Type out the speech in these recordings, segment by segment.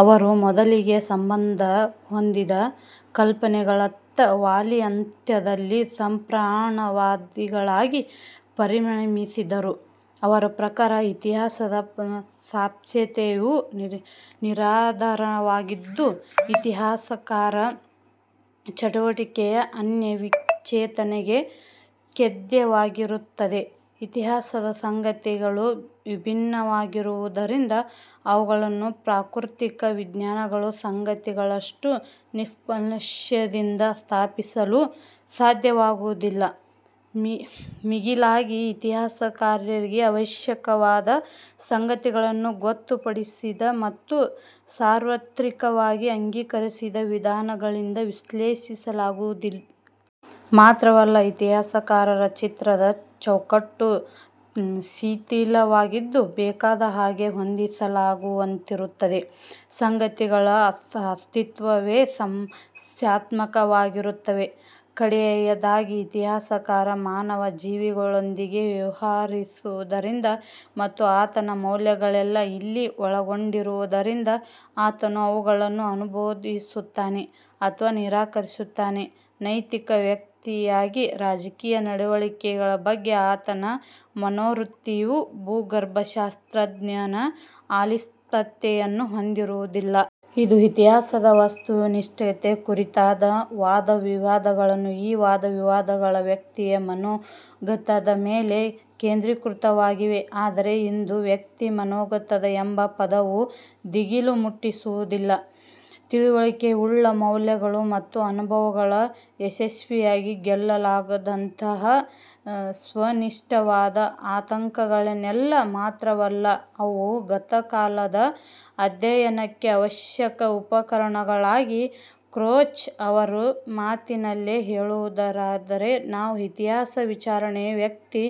ಅವರು ಮೊದಲಿಗೆ ಸಂಬಂಧ ಹೊಂದಿದ ಕಲ್ಪನೆಗಳತ್ತ ವಾಲಿ ಅಂತ್ಯದಲ್ಲಿ ಸಪ್ರಮಾಣವಾದಿಗಳಾಗಿ ಪರಿಣಮಿಸಿದರು. ಅವರ ಪ್ರಕಾರ, ಇತಿಹಾಸದ ಸಾಪೇಕ್ಷತೆಯು ನಿರಾಧಾರವಾದುದು. ಇತಿಹಾಸಕಾರರ ಚಟುವಟಿಕೆ ಅನ್ಯವಿವೇಚನೆಗೆ ಖೇದ್ಯವಾಗಿರುತ್ತದೆ. ಇತಿಹಾಸದ ಸಂಗತಿಗಳು ವಿಭಿನ್ನವಾಗಿರುವುದರಿಂದ ಅವುಗಳನ್ನು ಪ್ರಾಕೃತಿಕ ವಿಜ್ಞಾನಗಳ ಸಂಗತಿಗಳಷ್ಟು ನಿಷ್ಕಷೇಯಿಂದ ಸ್ಥಾಪಿಸಲು ಸಾಧ್ಯವಾಗುವುದಿಲ್ಲ. ಮಿಗಿಲಾಗಿ, ಇತಿಹಾಸಕಾರರಿಗೆ ಅವಶ್ಯಕವಾದ ಸಂಗತಿಗಳನ್ನು ಗೊತ್ತುಪಡಿಸಿದ ಮತ್ತು ಸಾರ್ವತ್ರಿಕವಾಗಿ ಅಂಗೀಕರಿಸಿದ ವಿಧಾನಗಳಿಂದ ವಿಶ್ಲೇಷಿಸಲಾಗುವುದಿಲ್ಲ. ಮಾತ್ರವಲ್ಲ, ಇತಿಹಾಸಕಾರರ ಚಿತ್ರದ ಚೌಕಟ್ಟು ಶಿಥಿಲವಾಗಿದ್ದು ಬೇಕಾದ ಹಾಗೆ ಹೊಂದಿಸಲಾಗುವಂತಿರುತ್ತದೆ. ಸಂಗತಿಗಳ ಅಸ್ತಿತ್ವವೇ ಸಮಸ್ಯಾತ್ಮಕವಾಗಿರುತ್ತವೆ. ಕಡೆಯದಾಗಿ, ಇತಿಹಾಸಕಾರ ಮಾನವ ಜೀವಿಗಳೊಂದಿಗೆ ವ್ಯವಹರಿಸುವುದರಿಂದ ಮತ್ತು ಆತನ ಮೌಲ್ಯಗಳೇ ಇಲ್ಲಿ ಒಳಗೊಂಡಿರುವುದರಿಂದ, ಆತನು ಅವುಗಳನ್ನು ಅನುಮೋದಿಸುತ್ತಾನೆ ಅಥವಾ ನಿರಾಕರಿಸುತ್ತಾನೆ. ನೈತಿಕ ವ್ಯಕ್ತಿಯಾಗಿ ರಾಜಕೀಯ ನಡವಳಿಕೆಗಳ ಬಗ್ಗೆ ಆತನ ಮನೋವೃತ್ತಿಯು ಭೂಗರ್ಭಶಾಸ್ತ್ರಜ್ಞನ ಆಲಿಪ್ತತೆಯನ್ನು ಹೊಂದಿರುವುದಿಲ್ಲ. ಇದು ಇತಿಹಾಸದ ವಸ್ತುನಿಷ್ಠತೆ ಕುರಿತಾದ ವಾದವಿವಾದಗಳು. ಈ ವಾದವಿವಾದಗಳು ವ್ಯಕ್ತಿಯ ಮನೋಗತದ ಮೇಲೆ ಕೇಂದ್ರೀಕೃತವಾಗಿವೆ. ಆದರೆ ಇಂದು ವ್ಯಕ್ತಿಮನೋಗತ ಎಂಬ ಪದವು ದಿಗಿಲು ಹುಟ್ಟಿಸುವುದಿಲ್ಲ. ತಿಳುವಳಿಕೆಯುಳ್ಳ ಮೌಲ್ಯಗಳು ಮತ್ತು ಅನುಭವಗಳು ಯಶಸ್ವಿಯಾಗಿ ಗೆಲ್ಲಲಾಗದಂತಹ ಸ್ವನಿಷ್ಠವಾದ ಆತಂಕಗಳೇನಲ್ಲ. ಮಾತ್ರವಲ್ಲ ಅವು ಗತಕಾಲದ ಅಧ್ಯಯನಕ್ಕೆ ಅವಶ್ಯಕ ಉಪಕರಣಗಳಾಗಿವೆ. ಕ್ರೋಚ್ ಅವರ ಮಾತಿನಲ್ಲಿ ಹೇಳುವುದಾದರೆ, ನಾವು ಇತಿಹಾಸ ವಿಚಾರಣೆಯ ವ್ಯಕ್ತಿ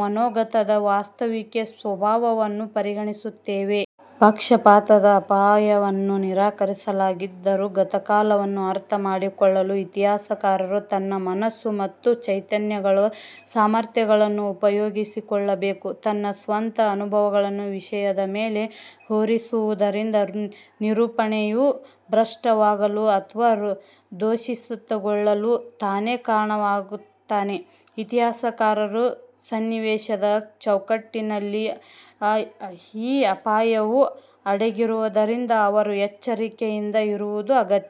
ಮನೋಗತದ ವಾಸ್ತವಿಕ ಸ್ವಭಾವವನ್ನು ಪರಿಗಣಿಸುತ್ತೇವೆ. ಪಕ್ಷಪಾತದ ಅಪಾಯವನ್ನು ನಿರಾಕರಿಸಲಾಗದಿದ್ದರೂ, ಗತಕಾಲವನ್ನು ಅರ್ಥ ಮಾಡಿಕೊಳ್ಳಲು ಇತಿಹಾಸಕಾರನು ತನ್ನ ಮನಸ್ಸು ಮತ್ತು ಚೈತನ್ಯಗಳ ಸಾಮರ್ಥ್ಯಗಳನ್ನು ಉಪಯೋಗಿಸಿಕೊಳ್ಳಬೇಕು. ತನ್ನ ಸ್ವಂತ ಅನುಭವಗಳನ್ನು ವಿಷಯದ ಮೇಲೆ ಹೊರಿಸುವುದರಿಂದ ನಿರೂಪಣೆಯು ಭ್ರಷ್ಟವಾಗಲು ಅಥವಾ ದೋಷಿತಗೊಳ್ಳಲು ತಾನೇ ಕಾರಣನಾಗುತ್ತಾನೆ. ಇತಿಹಾಸಕಾರರ ಸನ್ನಿವೇಶದ ಚೌಕಟ್ಟಿನಲ್ಲಿ ಈ ಅಪಾಯವು ಅಡಗಿರುವುದರಿಂದ ಅವರು ಎಚ್ಚರಿಕೆಯಿಂದ ಇರುವುದು ಅಗತ್ಯ.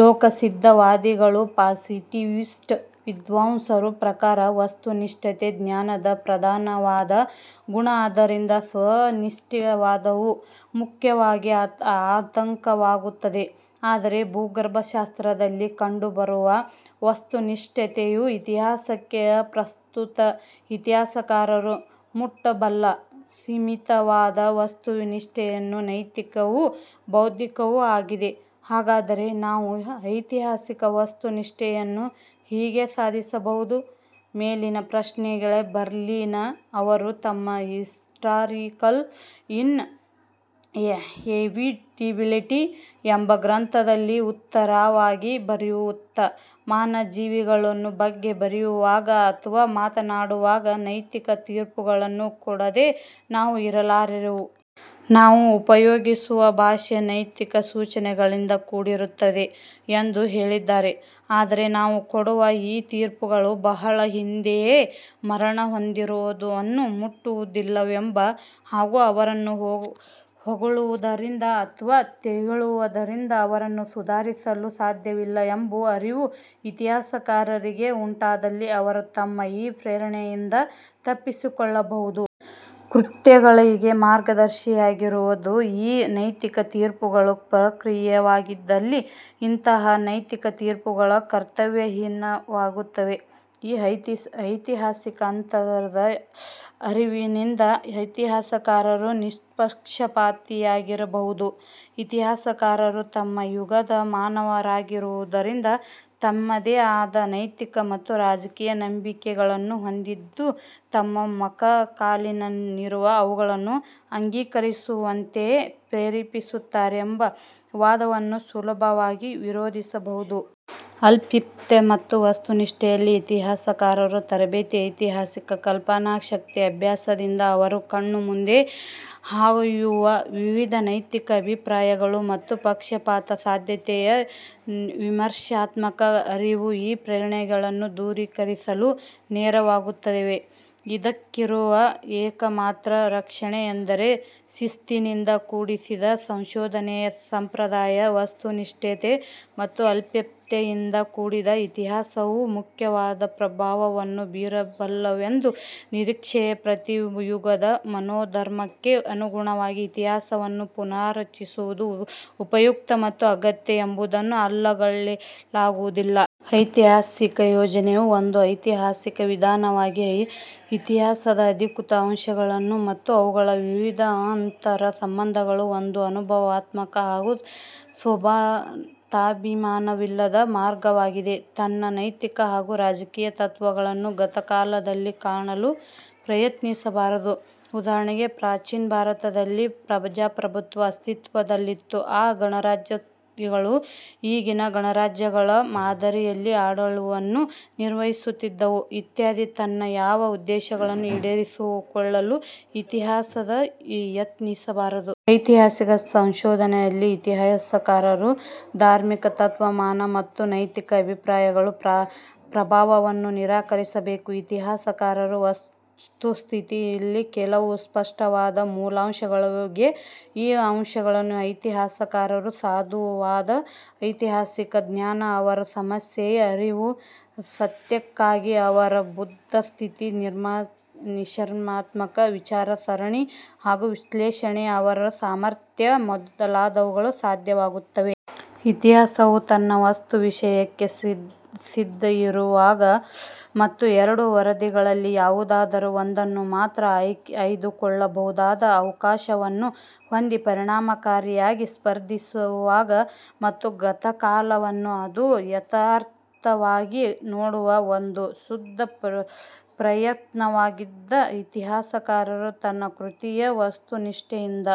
ಲೋಕಸಿದ್ಧವಾದಿಗಳ ಪಾಸಿಟಿವಿಸ್ಟ್ ವಿದ್ವಾಂಸರ ಪ್ರಕಾರ, ವಸ್ತುನಿಷ್ಠತೆ ಜ್ಞಾನದ ಪ್ರಧಾನವಾದ ಗುಣ. ಆದ್ದರಿಂದ ಸ್ವನಿಷ್ಠವಾದವು ಮುಖ್ಯವಾದ ಆತಂಕವಾಗುತ್ತದೆ. ಆದರೆ ಭೂಗರ್ಭಶಾಸ್ತ್ರದಲ್ಲಿ ಕಂಡುಬರುವ ವಸ್ತುನಿಷ್ಠತೆಯು ಇತಿಹಾಸಕ್ಕೆ ಅಪ್ರಸ್ತುತ. ಇತಿಹಾಸಕಾರರು ಮುಟ್ಟಬಲ್ಲ ಸೀಮಿತವಾದ ವಸ್ತುನಿಷ್ಠತೆಯು ನೈತಿಕವೂ, ಬೌದ್ಧಿಕವೂ ಆಗಿದೆ. ಹಾಗಾದರೆ, ನಾವು ಐತಿಹಾಸಿಕ ವಸ್ತುನಿಷ್ಠತೆಯನ್ನು ಹೀಗೆ ಸಾಧಿಸಬಹುದು. ಮೇಲಿನ ಪ್ರಶ್ನೆಗೆ ಬರ್ಲಿನ್ ಅವರು ತಮ್ಮ "ಹಿಸ್ಟಾರಿಕಲ್ ಇನ್ಎವಿಟಬಿಲಿಟಿ" ಎಂಬ ಗ್ರಂಥದಲ್ಲಿ ಉತ್ತರವಾಗಿ ಬರೆಯುತ್ತ, ಮಾನವಜೀವಿಗಳ ಬಗ್ಗೆ ಬರೆಯುವಾಗ ಅಥವಾ ಮಾತನಾಡುವಾಗ ನೈತಿಕ ತೀರ್ಪುಗಳನ್ನು ಕೊಡದೆ ನಾವು ಇರಲಾರೆವು. ನಾವು ಉಪಯೋಗಿಸುವ ಭಾಷೆ, ನೈತಿಕ ಸೂಚನೆಗಳಿಂದ ಕೂಡಿರುತ್ತದೆ ಎಂದು ಹೇಳಿದ್ದಾರೆ. ಆದರೆ, ನಾವು ಕೊಡುವ ಈ ತೀರ್ಪುಗಳು ಬಹಳ ಹಿಂದೆಯೇ ಮರಣಹೊಂದಿದವರನ್ನು ಮುಟ್ಟುವುದಿಲ್ಲವೆಂಬ ಹಾಗೂ ಅವರನ್ನು ಹೊಗಳುವುದರಿಂದ ಅಥವಾ ತೆಗಳುವುದರಿಂದ ಅವರನ್ನು ಸುಧಾರಿಸಲು ಸಾಧ್ಯವಿಲ್ಲವೆಂಬ ಅರಿವು ಇತಿಹಾಸಕಾರರಿಗೆ ಉಂಟಾದಲ್ಲಿ ಅವರು ತಮ್ಮ ಈ ಪ್ರೇರಣೆಯಿಂದ ತಪ್ಪಿಸಿಕೊಳ್ಳಬಹುದು. ಕೃತ್ಯಗಳಿಗೆ ಮಾರ್ಗದರ್ಶಿಯಾಗಿರುವುದು ಈ ನೈತಿಕ ತೀರ್ಪುಗಳ ಪ್ರಕ್ರಿಯೆಯಾಗಿದ್ದಲ್ಲಿ ಇಂತಹ ನೈತಿಕ ತೀರ್ಪುಗಳು ಕರ್ತವ್ಯ ಹೀನವಾಗುತ್ತವೆ. ಈ ಐತಿಹಾಸಿಕ ಅಂತರದ ಅರಿವಿನಿಂದ ಇತಿಹಾಸಕಾರರು ನಿಷ್ಪಕ್ಷಪಾತಿಯಾಗಿರಬಹುದು. ಇತಿಹಾಸಕಾರರು ತಮ್ಮ ಯುಗದ ಮಾನವರಾಗಿರುವುದರಿಂದ ತಮ್ಮದೇ ಆದ ನೈತಿಕ ಮತ್ತು ರಾಜಕೀಯ ನಂಬಿಕೆಗಳನ್ನು ಹೊಂದಿದ್ದು ತಮ್ಮ ಸಮಕಾಲೀನರು ಅವುಗಳನ್ನು ಅಂಗೀಕರಿಸುವಂತೆ ಪ್ರೇರೇಪಿಸುತ್ತಾರೆಂಬ ವಾದವನ್ನು ಸುಲಭವಾಗಿ ವಿರೋಧಿಸಬಹುದು. ಅಲಿಪ್ತತೆ ಮತ್ತು ವಸ್ತುನಿಷ್ಠತೆಯಲ್ಲಿ ಇತಿಹಾಸಕಾರರ ತರಬೇತಿ, ಐತಿಹಾಸಿಕ ಕಲ್ಪನಾಶಕ್ತಿಯ ಅಭ್ಯಾಸದಿಂದ ಅವರ ಕಣ್ಣುಮುಂದೆ ಹಾಯುವ ವಿವಿಧ ನೈತಿಕ ಅಭಿಪ್ರಾಯಗಳು ಮತ್ತು ಪಕ್ಷಪಾತ ಸಾಧ್ಯತೆಯ ವಿಮರ್ಶಾತ್ಮಕ ಅರಿವು ಈ ಪ್ರೇರಣೆಗಳನ್ನು ದೂರೀಕರಿಸಲು ನೆರವಾಗುತ್ತವೆ, ಇದಕ್ಕಿರುವ ಏಕಮಾತ್ರ ರಕ್ಷಣೆ ಎಂದರೆ ಶಿಸ್ತಿನಿಂದ ಕೂಡಿದ ಸಂಶೋಧನೆಯ ಸಂಪ್ರದಾಯ, ವಸ್ತುನಿಷ್ಠತೆ ಮತ್ತು ಅಲಿಪ್ತತೆಯಿಂದ ಕೂಡಿದ ಇತಿಹಾಸವು ಮುಖ್ಯವಾದ ಪ್ರಭಾವವನ್ನು ಬೀರಬಲ್ಲದೆಂಬ ನಿರೀಕ್ಷೆ, ಪ್ರತಿಯುಗದ ಮನೋಧರ್ಮಕ್ಕೆ ಅನುಗುಣವಾಗಿ ಇತಿಹಾಸವನ್ನು ಪುನಾರಚಿಸುವುದು ಉಪಯುಕ್ತ ಮತ್ತು ಅಗತ್ಯ ಎಂಬುದನ್ನು ಅಲ್ಲಗಳೆಯಲಾಗುವುದಿಲ್ಲ. ಐತಿಹಾಸಿಕ ಯೋಜನೆಯು ಒಂದು ಐತಿಹಾಸಿಕ ವಿಧಾನವಾಗಿ ಇತಿಹಾಸದ ಅಧಿಕ ಅಂಶಗಳ ಮತ್ತು ಅವುಗಳ ವಿವಿಧ ಅಂತರ ಸಂಬಂಧಗಳ ಒಂದು ಅನುಭವಾತ್ಮಕ ಹಾಗೂ ಸ್ವಮತಾಭಿಮಾನವಿಲ್ಲದ ಮಾರ್ಗವಾಗಿದೆ. ತನ್ನ ನೈತಿಕ ಹಾಗೂ ರಾಜಕೀಯ ತತ್ವಗಳನ್ನು ಗತಕಾಲದಲ್ಲಿ ಕಾಣಲು ಪ್ರಯತ್ನಿಸಬಾರದು. ಉದಾಹರಣೆಗೆ, ಪ್ರಾಚೀನ ಭಾರತದಲ್ಲಿ ಪ್ರಜಾಪ್ರಭುತ್ವ ಅಸ್ತಿತ್ವದಲ್ಲಿತ್ತು. ಆ ಗಣರಾಜ್ಯಗಳು ಈಗಿನ ಗಣರಾಜ್ಯಗಳ ಮಾದರಿಯಲ್ಲಿ ಆಡಳಿತವನ್ನು ನಿರ್ವಹಿಸುತ್ತಿದ್ದವು, ಇತ್ಯಾದಿ, ತನ್ನ ಯಾವ ಉದ್ದೇಶಗಳನ್ನು ಈಡೇರಿಸಿಕೊಳ್ಳಲು ಇತಿಹಾಸಕಾರ ಯತ್ನಿಸಬಾರದು. ಐತಿಹಾಸಿಕ ಸಂಶೋಧನೆಯಲ್ಲಿ ಇತಿಹಾಸಕಾರರು ಧಾರ್ಮಿಕ, ತತ್ವಜ್ಞಾನ ಮತ್ತು ನೈತಿಕ ಅಭಿಪ್ರಾಯಗಳ ಪ್ರಭಾವವನ್ನು ನಿರಾಕರಿಸಬೇಕು. ಇತಿಹಾಸಕಾರರ ವಸ್ತುಸ್ಥಿತಿಯಲ್ಲಿ ಕೆಲವು ಸ್ಪಷ್ಟವಾದ ಮೂಲಾಂಶಗಳಿವೆ. ಈ ಅಂಶಗಳು ಇತಿಹಾಸಕಾರರ ಸಾಧುವಾದ ಐತಿಹಾಸಿಕ ಜ್ಞಾನ, ಅವರ ಸಮಸ್ಯೆಯ ಅರಿವು, ಸತ್ಯಕ್ಕಾಗಿ ಅವರ ಬದ್ಧ ಸ್ಥಿತಿ, ವಿಮರ್ಶಾತ್ಮಕ ವಿಚಾರ ಸರಣಿ ಹಾಗೂ ವಿಶ್ಲೇಷಣೆಗೆ ಅವರ ಸಾಮರ್ಥ್ಯ ಮೊದಲಾದವುಗಳನ್ನು ಸಾಧ್ಯವಾಗಿಸುತ್ತವೆ. ಇತಿಹಾಸವು ತನ್ನ ವಸ್ತು ವಿಷಯಕ್ಕೆ ಸಿದ್ಧವಿರುವಾಗ ಮತ್ತು ಎರಡು ವರದಿಗಳಲ್ಲಿ ಯಾವುದಾದರೂ ಒಂದನ್ನು ಮಾತ್ರ ಆಯ್ದುಕೊಳ್ಳಬಹುದಾದ ಅವಕಾಶವನ್ನು ಹೊಂದಿ, ಪರಿಣಾಮಕಾರಿಯಾಗಿ ಸ್ಪರ್ಧಿಸುವಾಗ ಮತ್ತು ಗತಕಾಲವನ್ನು ಅದು ಯಥಾರ್ಥವಾಗಿ ನೋಡುವ ಒಂದು ಶುದ್ಧ ಪ್ರಯತ್ನವಾಗಿದ್ದರೆ ಇತಿಹಾಸಕಾರರು ತನ್ನ ಕೃತಿಯು ವಸ್ತುನಿಷ್ಠೆಯಿಂದ